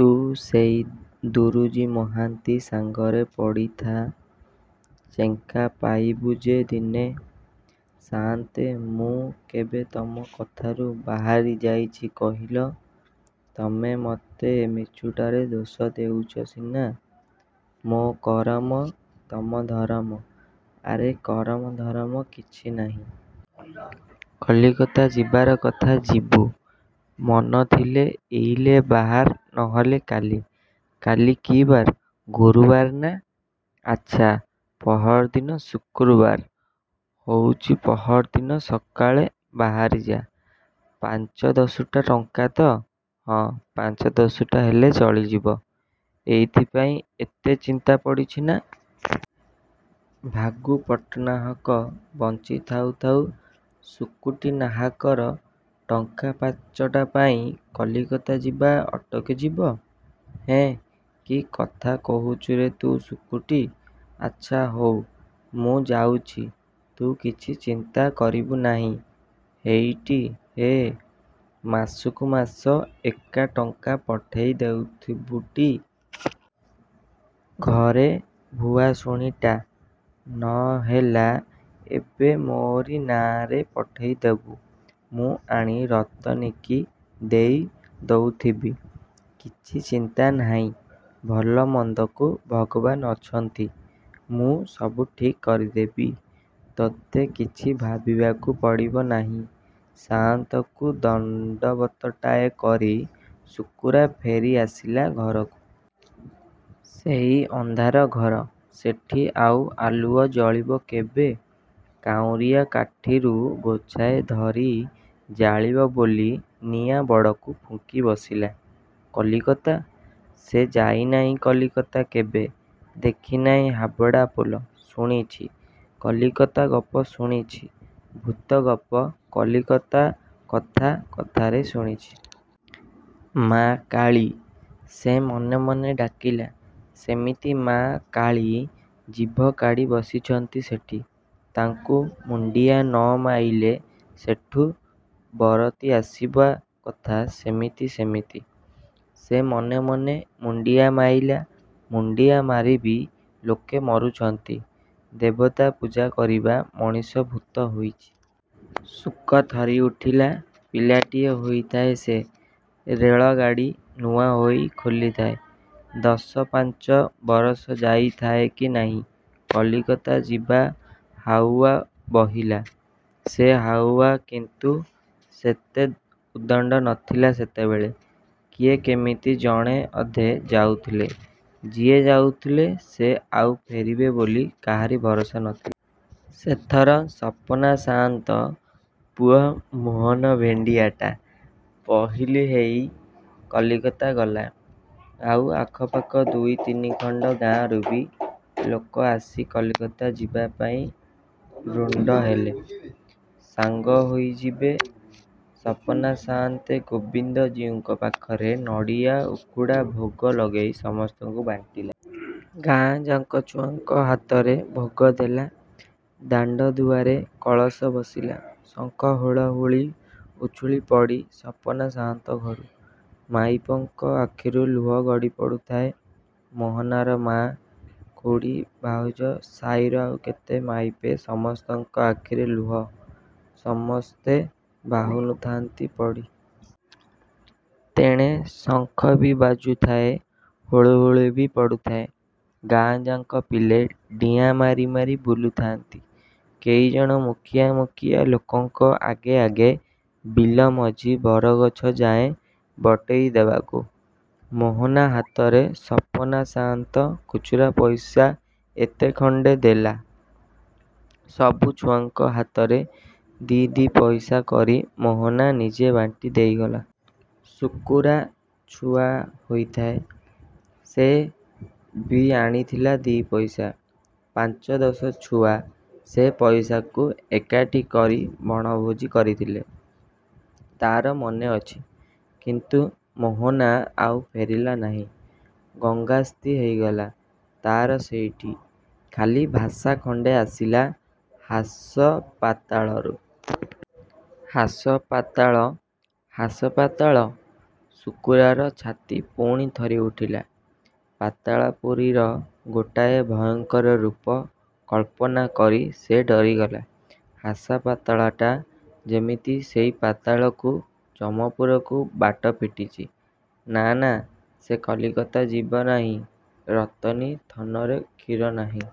ତୁ ସେଇ ଦୁରୁଜୀ ମହାନ୍ତି ସାଙ୍ଗରେ ପଡ଼ିଥା। ଚେଙ୍କା ପାଇବୁ ଯେ ଦିନେ, ସାଆନ୍ତେ, ମୁଁ କେବେ ତମ କଥାରୁ ବାହାରି ଯାଇଚି କହିଲ? ତମେ ମୋତେ ମିଛୁଟାରେ ଦୋଷ ଦେଉଚ ସିନା। ମୋ କରମ, ତମ ଧରମ। ଆରେ କରମ ଧରମ କିଛି ନାହିଁ। କଲିକତା ଯିବାର କଥା ଯିବୁ। ମନ ଥିଲେ ଏଇଲେ ବାହାର ନହେଲେ କାଲି। କାଲି କି ବାର? ଗୁରୁବାର, ନା? ଆଚ୍ଛା, ପହରିଦିନ ଶୁକ୍ରବାର ହଉଚି ପହରିଦିନ ସକାଳେ ବାହାରିଯା। ପାଞ୍ଚ ଦଶୁଟା ଟଙ୍କା ତ? ହଁ, ପାଞ୍ଚ, ଦଶୁଟା ହେଲେ ଚଳିଯିବ। ଏଇଥିପାଇଁ ଏତେ ଚିନ୍ତା ପଡ଼ିଛିନା? ଭାଗୁ ପଟ୍ଟନାହାକ ବଞ୍ଚି ଥାଉ ଥାଉ ଶୁକୁଟି ନାହାକର ଟଙ୍କା ପାଞ୍ଚଟାପାଇଁ କଲିକତା ଯିବା ଅଟକି ଯିବ? ହେଁ, କିକଥା କହୁଛୁରେ ତୁ ଶୁକୁଟି! ଆଚ୍ଛା ହଉ, ମୁଁ ଯାଉଛି। ତୁ କିଛି ଚିନ୍ତା କରିବୁ ନାହିଁ। ହେଇଟି ହେ, ମାସକୁ ମାସ ଏକା ଟଙ୍କା ପଠେଇ ଦଉଥିବୁଟି? ଘରେ ଭୁଆସୁଣୀଟା। ନ ହେଲା ଏବେ ମୋରି ନାଆଁରେ ପଠେଇ ଦେବୁ। ମୁଁ ଆଣି ରତନୀକି ଦେଇ ଦଉଥିବି। କିଛି ଚିନ୍ତା ନାହିଁ। ଭଲ ମନ୍ଦକୁ ଭଗବାନ୍ ଅଛନ୍ତି। ମୁଁ ସବୁ ଠିକ୍ କରିଦେବି। ତୋତେ କିଛି ଭାବିବାକୁ ପଡ଼ିବ ନାହିଁ। ସାଆନ୍ତକୁ ଦଣ୍ଡବତଟାଏ କରି ଶୁକୁରା ଫେରି ଆସିଲା ଘରକୁ। ସେଇ ଅନ୍ଧାର ଘର। ସେଠି ଆଉ ଆଲୁଅ ଜଳିବ କେବେ? କାଉଁରିଆ କାଠିରୁ ଗୋଛାଏ ଧରି ଜାଳିବ ବୋଲି ନିଆଁ ବଡ଼କୁ ଫୁଙ୍କି ବସିଲା। କଲିକତା! ସେ ଯାଇନାହିଁ କଲିକତା କେବେ। ଦେଖିନାହିଁ ହାବଡ଼ା ପୋଲ, ଶୁଣିଛି। କଲିକତା ଗପ ଶୁଣୁଛି। ଭୂତଗପ କଲିକତା କଥା କଥାରେ ଶୁଣିଛି। ମା କାଳୀ! ସେ ମନେ ମନେ ଡାକିଲା। ସେମିତି ମା କାଳୀ ଜିଭ କାଢ଼ି ବସିଛନ୍ତି ସେଠି। ତାଙ୍କୁ ମୁଣ୍ଡିଆ ନ ମାଇଲେ ସେଠୁ ବରତି ଆସିବା କଥା ସେମିତି ସେମିତି। ସେ ମନେ ମନେ ମୁଣ୍ଡିଆ ମାଇଲା। ମୁଣ୍ଡିଆ ମାରିବି ଲୋକେ ମରୁଛନ୍ତି। ଦେବତା ପୂଜା କରିବି ମଣିଷ ଭୂତ ହୋଇଛି। ଶୁକ ଥରି ଉଠିଲା। ପିଲାଟିଏ ହୋଇଥାଏ ସେ। ରେଳଗାଡ଼ି ନୂଆ ହୋଇ ଖୋଲିଥାଏ। ଦଶପାଞ୍ଚ ବରଷ ଯାଇ ଥାଏ କି ନାହିଁ। କଲିକତା ଯିବା ହାଉଆ ବହିଲା। ସେ ହାଉଆ କିନ୍ତୁ ସେତେ ଉଦଣ୍ଡ ନଥିଲା ସେତେବେଳେ। କିଏ କେମିତି ଜଣେ ଅଧେ ଯାଉଥିଲେ। ଯିଏ ଯାଉଥିଲେ ସେ ଆଉ ଫେରିବେ ବୋଲି କାହାରି ଭରସା ନଥିଲା। ସେଥର ସପନା ସାଆନ୍ତ ପୁଅ ମୋହନ ଭେଣ୍ଡିଆଟା ପହିଲୁ ହେଇ କଲିକତା ଗଲା। ଆଉ ଆଖପାଖ ଦୁଇ ତିନି ଖଣ୍ଡ ଗାଁରୁବି ଲୋକ ଆସି କଲିକତା ଯିବାପାଇଁ ରୁଣ୍ଡ ହେଲେ। ସାଙ୍ଗ ହୋଇଯିବେ। ସପନା ସାଆନ୍ତେ ଗୋବିନ୍ଦ ଜୀଉଙ୍କ ପାଖରେ ନଡ଼ିଆ ଉଖୁଡ଼ା ଭୋଗ ଲଗେଇ ସମସ୍ତଙ୍କୁ ବାଣ୍ଟିଲା। ଗାଁଯାକ ଛୁଆଙ୍କ ହାତରେ ଭୋଗ ଦେଲା। ଦାଣ୍ଡଦୁଆରେ କଳସ ବସିଲା। ଶଙ୍ଖ ହୁଳହୁଳି ଉଛୁଳିଲା ପଡ଼ି ସପନା ସାଆନ୍ତ ଘରୁ। ମାଇପଙ୍କ ଆଖିରୁ ଲୁହ ଗଡ଼ି ପଡ଼ୁଥାଏ। ମୋହନାର ମା, ଖୁଡ଼ୀ, ଭାଉଜ, ସାଇର ଆଉ କେତେ ମାଇପେ ସମସ୍ତଙ୍କ ଆଖିରେ ଲୁହ। ସମସ୍ତେ ବାହୁନୁଥାନ୍ତି ପଡ଼ି। ତେଣେ ଶଙ୍ଖବି ବାଜୁଥାଏ ହୁଳହୁଳିବି ପଡ଼ୁଥାଏ। ଗାଁଯାକ ପିଲେ ଡିଆଁମାରି ମାରି ବୁଲିଥାଆନ୍ତି କେଇଜଣ ମୁଖିଆ ମୁଖିଆ ଲୋକଙ୍କ ଆଗେ ଆଗେ ବିଲ ମଝି ବରଗଛ ଯାଏଁ ବଟେଇ ଦେବାକୁ। ମୋହନା ହାତରେ ସପନା ସାଆନ୍ତ ଖୁଚୁରା ପଇସା ଏତେ ଖଣ୍ଡେ ଦେଲା। ସବୁ ଛୁଆଙ୍କ ହାତରେ ଦି ଦି'ପଇସା କରି ମୋହନା ନିଜେ ବାଣ୍ଟି ଦେଇଗଲା। ଶୁକୁରା ଛୁଆ ହୋଇଥାଏ।। ସେ ବି ଆଣିଥିଲା ଦି'ପଇସା। ପାଞ୍ଚ ଦଶ ଛୁଆ ସେ ପଇସାକୁ ଏକାଠି କରି ବଣଭୋଜି କରିଥିଲେ। ତା'ର ମନେ ଅଛି। କିନ୍ତୁ ମୋହନା ଆଉ ଫେରିଲା ନାହିଁ। ଗଙ୍ଗାସ୍ତି ହେଇଗଲା ତା'ର ସେଇଠି। ଖାଲି ଭାଷା ଖଣ୍ଡେ ଆସିଲା ହାସପାତାଳରୁ। ହାସପାତାଳ, ହାସପାତାଳ, ଶୁକୁରାର ଛାତି ପୁଣି ଥରି ଉଠିଲା। ପାତାଳପୁରୀର ଗୋଟାଏ ଭୟଙ୍କର ରୂପ କଳ୍ପନା କରି ସେ ଡରିଗଲା। ହାସପାତାଳଟା ଯେମିତି ସେଇ ପାତାଳକୁ, ଯମପୁରକୁ ବାଟ ଫିଟିଛି! ନା ନା, ସେ କଲିକତା ଯିବ ନାହିଁ। ରତନୀ ଥନରେ କ୍ଷୀର ନାହିଁ।